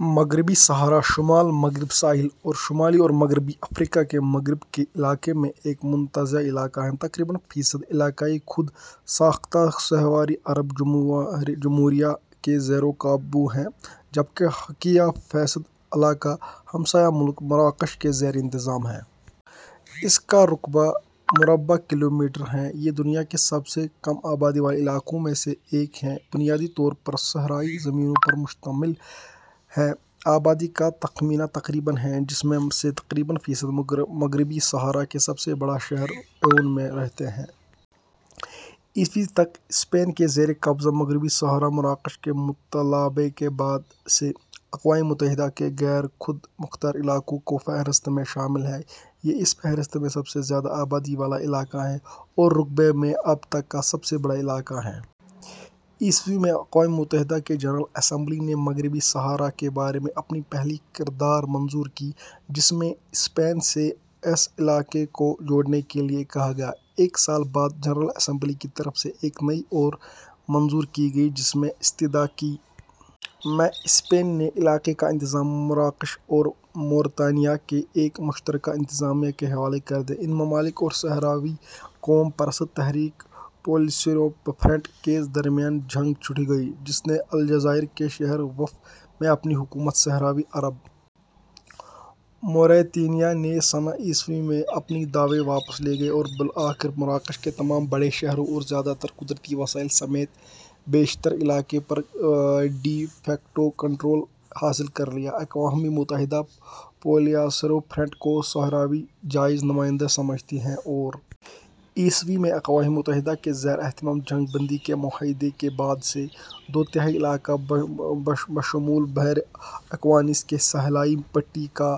مغربی صحارا ، شمال مغربی ساحل اور شمالی اور مغربی افریقہ کے مغرب کے علاقے میں ایک متنازع علاقہ ہے۔ تقریباً فیصد علاقہ خود ساختہ صحراوی عرب جمہوری جمہوریہ کے زیر قابو ہے، جب کہ بقیہ فیصد علاقہ ہمسایہ ملک مراکش کے زیر انتظام ہے۔ اس کا رقبہ مربع کلومیٹر ہے۔ یہ دنیا کے سب سے کم آبادی والے علاقوں میں سے ایک ہے ، بنیادی طور پر صحرائی زمینوں پر مشتمل ہے۔ آبادی کا تخمینہ تقریباً ہے، جس میں سے تقریباً فیصد مغربی صحارا کے سب سے بڑے شہر العیون میں رہتے ہیں۔ ء تک اسپین کے زیر قبضہ، مغربی صحارا مراکش کے مطالبے کے بعد ء سے اقوام متحدہ کی غیر خود مختار علاقوں کی فہرست میں شامل ہے۔ یہ اس فہرست میں سب سے زیادہ آبادی والا علاقہ ہے اور رقبے میں اب تک کا سب سے بڑا علاقہ ہے۔ ء میں، اقوام متحدہ کی جنرل اسمبلی نے مغربی صحارا کے بارے میں اپنی پہلی قرارداد منظور کی، جس میں اسپین سے اس علاقے کو چھوڑنے کے لیے کہا گیا۔ ایک سال بعد، جنرل اسمبلی کی طرف سے ایک نئی قرارداد منظور کی گئی جس میں استدعا کی گئی کہ اسپین میں حق خود ارادیت پر ریفرنڈم کرایا جائے۔ میں، اسپین نے علاقہ کا انتظام مراکش اور موریطانیہ کی ایک مشترکہ انتظامیہ کے حوالے کر دیا۔ ان ممالک اور صحراوی قوم پرست تحریک، پولیساریو فرنٹ کے درمیان جنگ چھڑ گئی، جس نے الجزائر کے شہر تندوف میں اپنی حکومت صحراوی عرب ڈیموکریٹک ریپبلک کا اعلامیہ جاری کر دیا۔ موریطانیہ نے سنہ ء میں اپنے دعوے واپس لے لیے اور بالآخر مراکش نے تمام بڑے شہروں اور زیادہ تر قدرتی وسائل سمیت بیشتر علاقے پر ڈی فیکٹو کنٹرول حاصل کر لیا۔ اقوام متحدہ پولیساریو فرنٹ کو صحراوی عوام کا جائز نمائندہ سمجھتی ہے اور اس بات کو برقرار رکھتی ہے کہ صحرائیوں کو حق خود ارادیت حاصل ہے۔ ء میں اقوام متحدہ کے زیر اہتمام جنگ بندی کے معاہدے کے بعد سے، دو تہائی علاقہ، بشمول بحر اوقیانوس کی ساحلی پٹی کا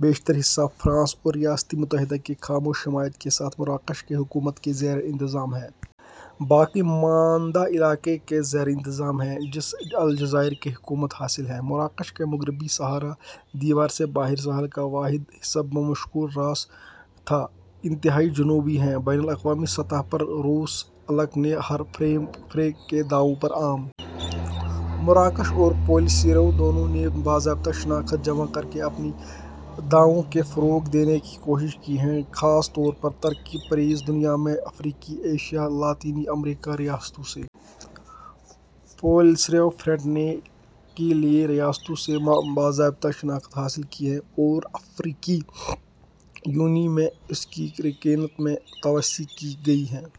بیشتر حصہ، فرانس اور ریاستہائے متحدہ کی خاموش حمایت کے ساتھ، مراکش کی حکومت کے زیر انتظام ہے۔ باقی ماندہ علاقہ کے زیر انتظام ہے، جسے الجزائر کی حمایت حاصل ہے۔ مراکش کا مغربی صحارا دیوار سے باہر ساحل کا واحد حصہ بشمول راس نوادیبو جزیرہ نما، انتہائی جنوب ہے۔ بین الاقوامی سطح پر، روس جیسے ممالک نے ہر فریق کے دعووں پر عام طور پر مبہم اور غیر جانبدارانہ موقف اختیار کیا ہے اور دونوں فریقوں پر دباؤ ڈالا ہے کہ وہ ایک پرامن حل پر متفق ہوں۔ مراکش اور پولیساریو دونوں نے باضابطہ شناخت جمع کر کے اپنے دعووں کو فروغ دینے کی کوشش کی ہے، خاص طور پر ترقی پزیر دنیا میں افریقی، ایشیائی اور لاطینی امریکی ریاستوں سے۔ پولساریو فرنٹ نے کے لیے ریاستوں سے باضابطہ شناخت حاصل کی ہے اور افریقی یونین میں اس کی رکنیت میں توسیع کی گئی ہے۔